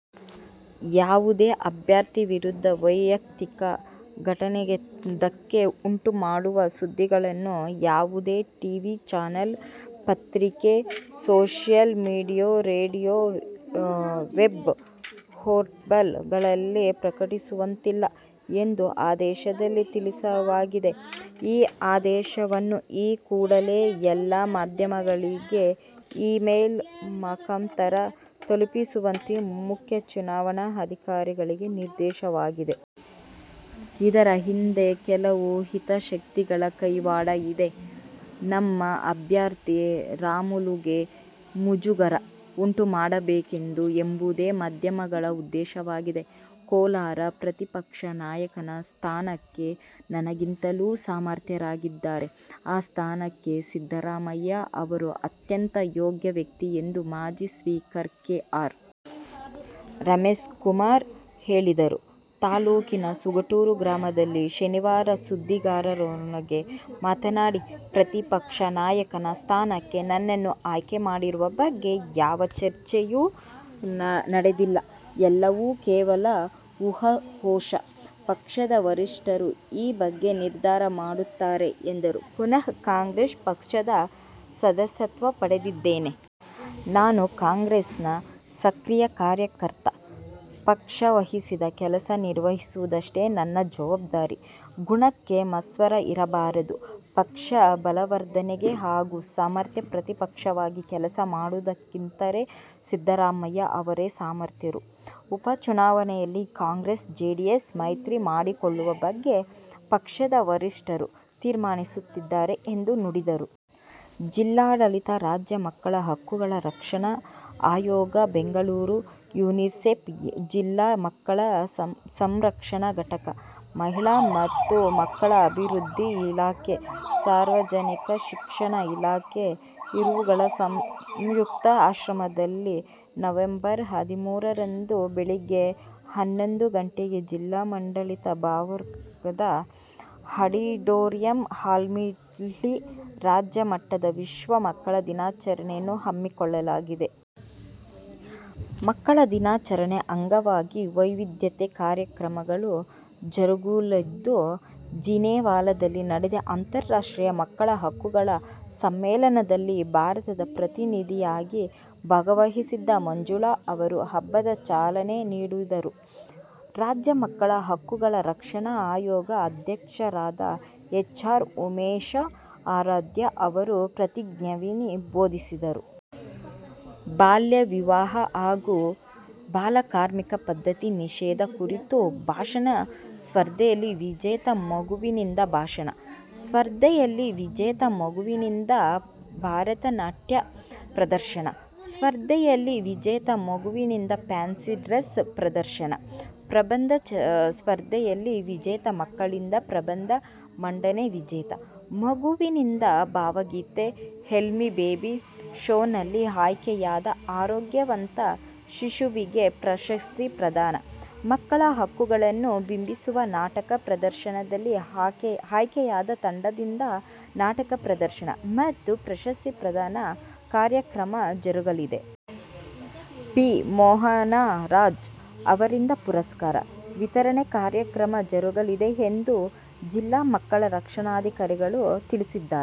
ಯಾವುದೇ ಅಭ್ಯರ್ಥಿ ವಿರುದ್ಧ ವೈಯಕ್ತಿಕ ಘನತೆಗೆ ಧಕ್ಕೆ ಉಂಟು ಮಾಡುವ ಸುದ್ದಿಯನ್ನು ಯಾವುದೇ ಟಿ. ವಿ. ಚಾನೆಲ್, ಪತ್ರಿಕೆ, social media, radio, web portal ಗಳಲ್ಲಿ ಪ್ರಕಟಿಸುವಂತಿಲ್ಲ' ಎಂದು ಆದೇಶದಲ್ಲಿ ತಿಳಿಸಲಾಗಿದೆ. ಈ ಆದೇಶವನ್ನು ಈ ಕೂಡಲೇ ಎಲ್ಲ ಮಾಧ್ಯಮಗಳಿಗೆ ಇಮೇಲ್ ಮಖಾಂತರ ತಲುಪಿಸುವಂತೆಯೂ ಮುಖ್ಯ ಚುನಾವಣಾ ಅಧಿಕಾರಿಗೆ ನಿರ್ದೇಶಿಸಲಾಗಿದೆ. ಇದರ ಹಿಂದೆ ಕೆಲವು ಹಿತಾಸಕ್ತಿಗಳ ಕೈವಾಡ ಇದೆ. ನಮ್ಮ ಅಭ್ಯರ್ಥಿ ರಾಮುಲುಗೆ ಮುಜುಗರ ಉಂಟು ಮಾಡಬೇಕು ಎಂಬುದೇ ಮಾಧ್ಯಮಗಳ ಉದ್ದೇಶವಾಗಿದೆ. ಕೋಲಾರ: 'ಪ್ರತಿಪಕ್ಷ ನಾಯಕನ ಸ್ಥಾನಕ್ಕೆ ನನಗಿಂತಲೂ ಸಮರ್ಥರಿದ್ದಾರೆ. ಆ ಸ್ಥಾನಕ್ಕೆ ಸಿದ್ದರಾಮಯ್ಯ ಅವರು ಅತ್ಯಂತ ಯೋಗ್ಯ ವ್ಯಕ್ತಿ' ಎಂದು ಮಾಜಿ ಸ್ಪೀಕರ್ ಕೆ. ಆರ್. ರಮೇಶ್ಕುಮಾರ್ ಹೇಳಿದರು. ತಾಲ್ಲೂಕಿನ ಸುಗಟೂರು ಗ್ರಾಮದಲ್ಲಿ ಶನಿವಾರ ಸುದ್ದಿಗಾರರೊಂದಿಗೆ ಮಾತನಾಡಿ, 'ಪ್ರತಿಪಕ್ಷ ನಾಯಕನ ಸ್ಥಾನಕ್ಕೆ ನನ್ನನ್ನು ಆಯ್ಕೆ ಮಾಡುವ ಬಗ್ಗೆ ಯಾವ ಚರ್ಚೆಯೂ ನಡೆದಿಲ್ಲ. ಎಲ್ಲವೂ ಕೇವಲ ಊಹಾಪೋಹ. ಪಕ್ಷದ ವರಿಷ್ಠರು ಈ ಬಗ್ಗೆ ನಿರ್ಧಾರ ಮಾಡುತ್ತಾರೆ' ಎಂದರು. 'ಪುನಃ ಕಾಂಗ್ರೆಸ್ ಪಕ್ಷದ ಸದಸ್ಯತ್ವ ಪಡೆದಿದ್ದೇನೆ. ನಾನು ಕಾಂಗ್ರೆಸ್ನ ಸಕ್ರಿಯ ಕಾರ್ಯಕರ್ತ. ಪಕ್ಷ ವಹಿಸಿದ ಕೆಲಸ ನಿರ್ವಹಿಸುವುದಷ್ಟೇ ನನ್ನ ಜವಾಬ್ದಾರಿ. ಗುಣಕ್ಕೆ ಮತ್ಸರ ಇರಬಾರದು. ಪಕ್ಷ ಬಲವರ್ಧನೆಗೆ ಹಾಗೂ ಸಮರ್ಥ ಪ್ರತಿಪಕ್ಷವಾಗಿ ಕೆಲಸ ಮಾಡಬೇಕಿದ್ದರೆ ಸಿದ್ದರಾಮಯ್ಯ ಅವರೇ ಸಮರ್ಥರು. ಉಪ ಚುನಾವಣೆಯಲ್ಲಿ ಕಾಂಗ್ರೆಸ್- ಜೆಡಿಎಸ್ ಮೈತ್ರಿ ಮಾಡಿಕೊಳ್ಳುವ ಬಗ್ಗೆ ಪಕ್ಷದ ವರಿಷ್ಠರು ತೀರ್ಮಾನಿಸುತ್ತಾರೆ' ಎಂದು ನುಡಿದರು. ಜಿಲ್ಲಾಡಳಿತ, ರಾಜ್ಯ ಮಕ್ಕಳ ಹಕ್ಕುಗಳ ರಕ್ಷಣಾ ಆಯೋಗ ಬೆಂಗಳೂರು, ಯೂನಿಸೆಫ್, ಜಿಲ್ಲಾ ಮಕ್ಕಳ ಸಂರಕ್ಷಣಾ ಘಟಕ, ಮಹಿಳಾ ಮತ್ತು ಮಕ್ಕಳ ಅಭಿವೃದ್ದಿ ಇಲಾಖೆ, ಸಾರ್ವಜನಿಕ ಶಿಕ್ಷಣ ಇಲಾಖೆ ಇವರುಗಳ ಸಂಯುಕ್ತ ಆಶ್ರಯದಲ್ಲಿ ನವಂಬರ್ ಹದಿಮೂರರಂದು ಬೆಳಿಗ್ಗೆ ಹನ್ನೊಂದು ಗಂಟೆಗೆ ಜಿಲ್ಲಾಡಳಿತ ಭವನದ ಅಡಿಟೋರಿಯಂ ಹಾಲ್ನಲ್ಲಿ ರಾಜ್ಯ ಮಟ್ಟದ ವಿಶ್ವ ಮಕ್ಕಳ ದಿನಾಚರಣೆಯನ್ನು ಹಮ್ಮಿಕೊಳ್ಳಲಾಗಿದೆ. ಮಕ್ಕಳ ದಿನಾಚರಣೆ ಅಂಗವಾಗಿ ವೈವಿಧ್ಯೆತೆ ಕಾರ್ಯಕ್ರಮಗಳು ಜರುಗಲಿದ್ದು, ಜಿನೇವಾದಲ್ಲಿ ನಡೆದ ಅಂತರಾಷ್ಟ್ರೀಯ ಮಕ್ಕಳ ಹಕ್ಕುಗಳ ಸಮ್ಮೇಳನದಲ್ಲಿ ಭಾರತದ ಪ್ರತಿನಿಧಿಯಾಗಿ ಭಾಗವಹಿಸಿದ್ದ ಮಂಜುಳಾ ಅವರು, ಹಬ್ಬದ ಚಾಲನೆ ನೀಡುವರು. ರಾಜ್ಯ ಮಕ್ಕಳ ಹಕ್ಕುಗಳ ರಕ್ಷಣಾ ಆಯೋಗದ ಅಧ್ಯಕ್ಷರಾದ ಹೆಚ್. ಆರ್. ಉಮೇಶ ಆರಾಧ್ಯ ಅವರು ಪ್ರತಿಜ್ಞಾವಿಧಿ ಬೋಧಿಸುವರು. ಬಾಲ್ಯವಿವಾಹ ಹಾಗು ಬಾಲಕಾರ್ಮಿಕ ಪದ್ಧತಿ ನಿಷೇದ ಕುರಿತು ಭಾಷಣ ಸ್ಪರ್ಧೆಯಲ್ಲಿ ವಿಜೇತ ಮಗುವಿನಿಂದ ಭಾಷಣ, ಸ್ಪರ್ಧೆಯಲ್ಲಿ ವಿಜೇತ ಮಗುವಿನಿಂದ ಭರತ ನಾಟ್ಯ ಪ್ರದರ್ಶನ, ಸ್ಪರ್ಧೆಯಲ್ಲಿ ವಿಜೇತ ಮಗುವಿನಿಂದ ಫ್ಯಾನ್ಸಿ ಡ್ರೆಸ್ ಪ್ರದರ್ಶನ, ಪ್ರಬಂಧ ಸ್ಪರ್ಧೆಯಲ್ಲಿ ವಿಜೇತ ಮಕ್ಕಳಿಂದ ಪ್ರಬಂಧ ಮಂಡನೆ, ವಿಜೇತ ಮಗುವಿನಿಂದ ಭಾವಗೀತೆ, ಹೆಲ್ತಿ ಬೇಬಿ ಶೋನಲ್ಲಿ ಆಯ್ಕೆಯಾದ ಆರೋಗ್ಯವಂತ ಶಿಶುವಿಗೆ ಪ್ರಶಸ್ತಿ ಪ್ರದಾನ, ಮಕ್ಕಳ ಹಕ್ಕುಗಳನ್ನು ಬಿಂಬಿಸುವ ನಾಟಕ ಪ್ರದರ್ಶನದಲ್ಲಿ ಆಯ್ಕೆಯಾದ ತಂಡದಿಂದ ನಾಟಕ ಪ್ರದರ್ಶನ ಮತ್ತು ಪ್ರಶಸ್ತಿ ಪ್ರದಾನ ಕಾರ್ಯಕ್ರಮ ಜರುಗಲಿದೆ. ಪಿ. ಮೋಹನರಾಜ್ ಅವರಿಂದ ಪುರಸ್ಕಾರ ವಿತರಣೆ ಕಾರ್ಯಕ್ರಮ ಜರುಗಲಿದೆ ಎಂದು ಜಿಲ್ಲಾ ಮಕ್ಕಳ ರಕ್ಷಣಾಧಿಕಾರಿಗಳು ತಿಳಿಸಿದ್ದಾರೆ.